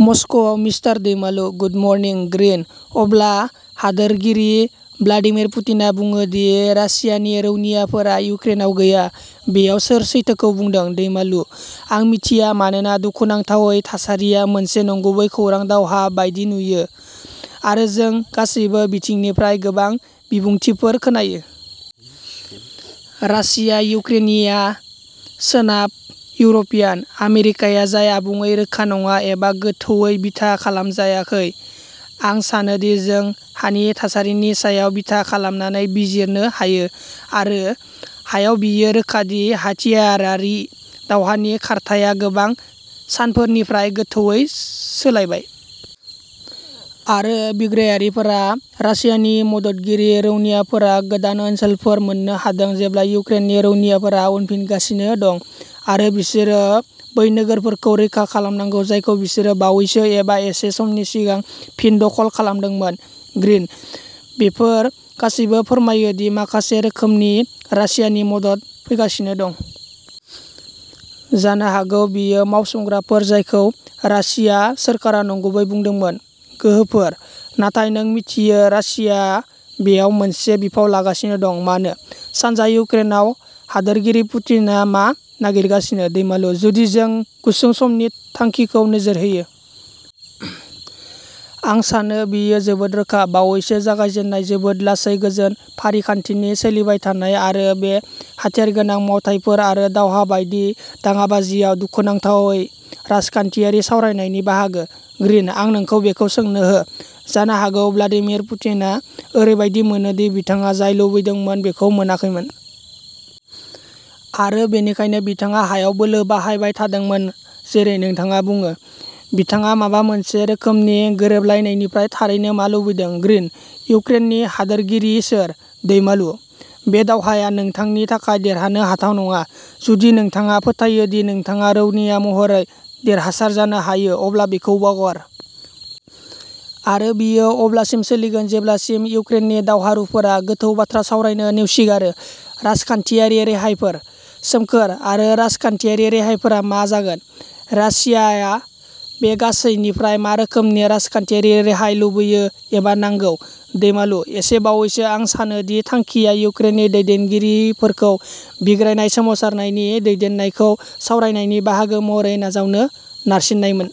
मस्क'आव, mister Daimalu good morning. Green अब्ला हादोरगिरि Vladimir पुटिनआ बुङो दि रासियानि रौनियाफोरा युक्रेनआव गैया। बेयाव सोर सैथोखौ बुंदों? दैमालु आं मिथिया मानोना दुखुनांथावै थासारिया मोनसे नंगुबै खौरां दावहा बायदि नुयो। आरो जों गासैबो बिथिंनिफ्राय गोबां बिबुंथिफोर खोनायो। रासिया, युक्रेनिया सोनाब इउर'पियान। आमेरिकाया जाय आबुङै रोखा नङा एबा गोथौवै बिथा खालामजायाखै। आं सानोदि जों हानि थासारिनि सायाव बिथा खालामनानै बिजिरनो हायो। आरो हायाव बेयो रोखा दि हाथियारारि दावहानि खारथाइया गोबां सानफोरनिफ्राय गोथौवै सोलायबाय। आरो बिग्रायारिफोरा रासियानि मददगिरि रौनियाफोरा गोदान ओनसोलफोर मोन्नो हादों जेब्ला युक्रेननि रौनियाफोरा उनफिनगासिनो दं। आरो बिसोरो बै नोगोरफोरखौ रैखा खालामनांगौ जायखौ बिसोरो बावैसो एबा एसे समनि सिगां फिन दखल खालामदोंमोन। ग्रीन बेफोर गासैबो फोरमायो दि माखासे रोखोमनि रासियानि मदद फैगासिनो दं। जानो हागौ बेयो मावसोमग्राफोर जायखौ रासिया सोरखारा नंगुबै बुंदोंमोन। गोहोफोर। नाथाय नों मिथियो रासिया बेयाव मोनसे बिफाव लागासिनो दं। मानो? सानजा इउक्रेनाव हादोरगिरि पुटिनआ मा नागिरगासिनो? दैमालु: जुदि जों गुसुं समनि थांखिखौ नोजोर होयो। आं सानो बेयो जोबोद रोखा। बावैसो जागायजेन्नाय जोबोद लासै गोजोन फारिखान्थिनि सोलिबायथानाय आरो बे हाथियारगोनां मावथायफोर आरो दावहा बायदि दाङाबाजियाव दुखुनांथावै राजखान्थियारि सावरायनायनि बाहागो। ग्रिन आं नोंखौ बेखौ सोंनो हो। जानो हागौ भ्लादिमिर पुटिनआ ओरैबायदि मोनो दि बिथाङा जाय लुबैदोंमोन बेखौ मोनाखैमोन। आरो बेनिखायनो बिथाङा हायाव बोलो बाहायबाय थादोंमोन जेरै नोंथाङा बुङो। बिथाङा माबा मोनसे रोखोमनि गोरोबलायनायनिफ्राय थारैनो मा लुबैदों? ग्रिन इउक्रेननि हादोरगिरि सोर। दैमालु बे दावहाया नोंथांनि थाखाय देरहानो हाथाव नङा। जुदि नोंथाङा फोथायो दि नोंथाङा रौनिया महरै देरहासार जानो हायो अब्ला बेखौ बावगार। आरो बेयो अब्लासिम सोलिगोन जेब्लासिम इउक्रेननि दावहारुफोरा गोथौ बाथ्रा सावरायनो नेवसिगारो। राजखान्थियारि रेहायफोर। सोमखोर आरो राजखान्थियारि रेहायफोरा मा जागोन? रासियाया बे गासैनिफ्राय मा रोखोमनि राजखान्थियारि रेहाय लुबैयो एबा नांगौ? दैमालु एसे बावैसो आं सानो दि थांखिया इउक्रेननि दैदेनगिरिफोरखौ बिग्रायनाय सोमावसारनायनि दैदेननायखौ सावरायनायनि बाहागो महरै नाजावनो नारसिननायमोन।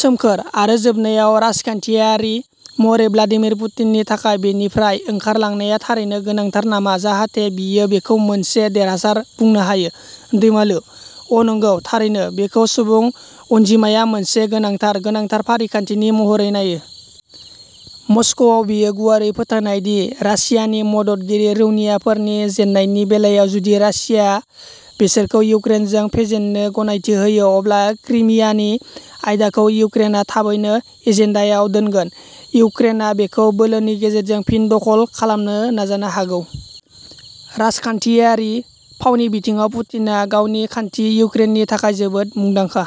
सोमखोरः आरो जोबनायाव, राजखान्थियारि महरै भ्लादिमिर पुटिननि थाखाय बेनिफ्राय ओंखारलांनाया थारैनो गोनांथार नामा जाहाथे बियो बेखौ मोनसे देरहासार बुंनो हायो? दैमालु: अ नंगौ। थारैनो। बेखौ सुबुं अनजिमाया मोनसे गोनांथार, गोनांथार फारि खान्थिनि महरै नायो। मस्क' बेयो गुवारै फोथायनाय दि रासियानि मददगिरि रौनियाफोरनि जेननायनि बेलायाव जुदि रासिया बिसोरखौ इउक्रेनजों फेजेननो गनायथि होयो अब्ला क्रिमियानि आयदाखौ इउक्रेनआ थाबैनो एजेन्डायाव दोनगोन। इउक्रेनआ बेखौ बोलोनि गेजेरजों फिन दखल खालामनो नाजानो हागौ। राजखान्थियारि फावनि बिथिङाव पुटिनआ गावनि खान्थि इउक्रेननि थाखाय जोबोद मुंदांखा।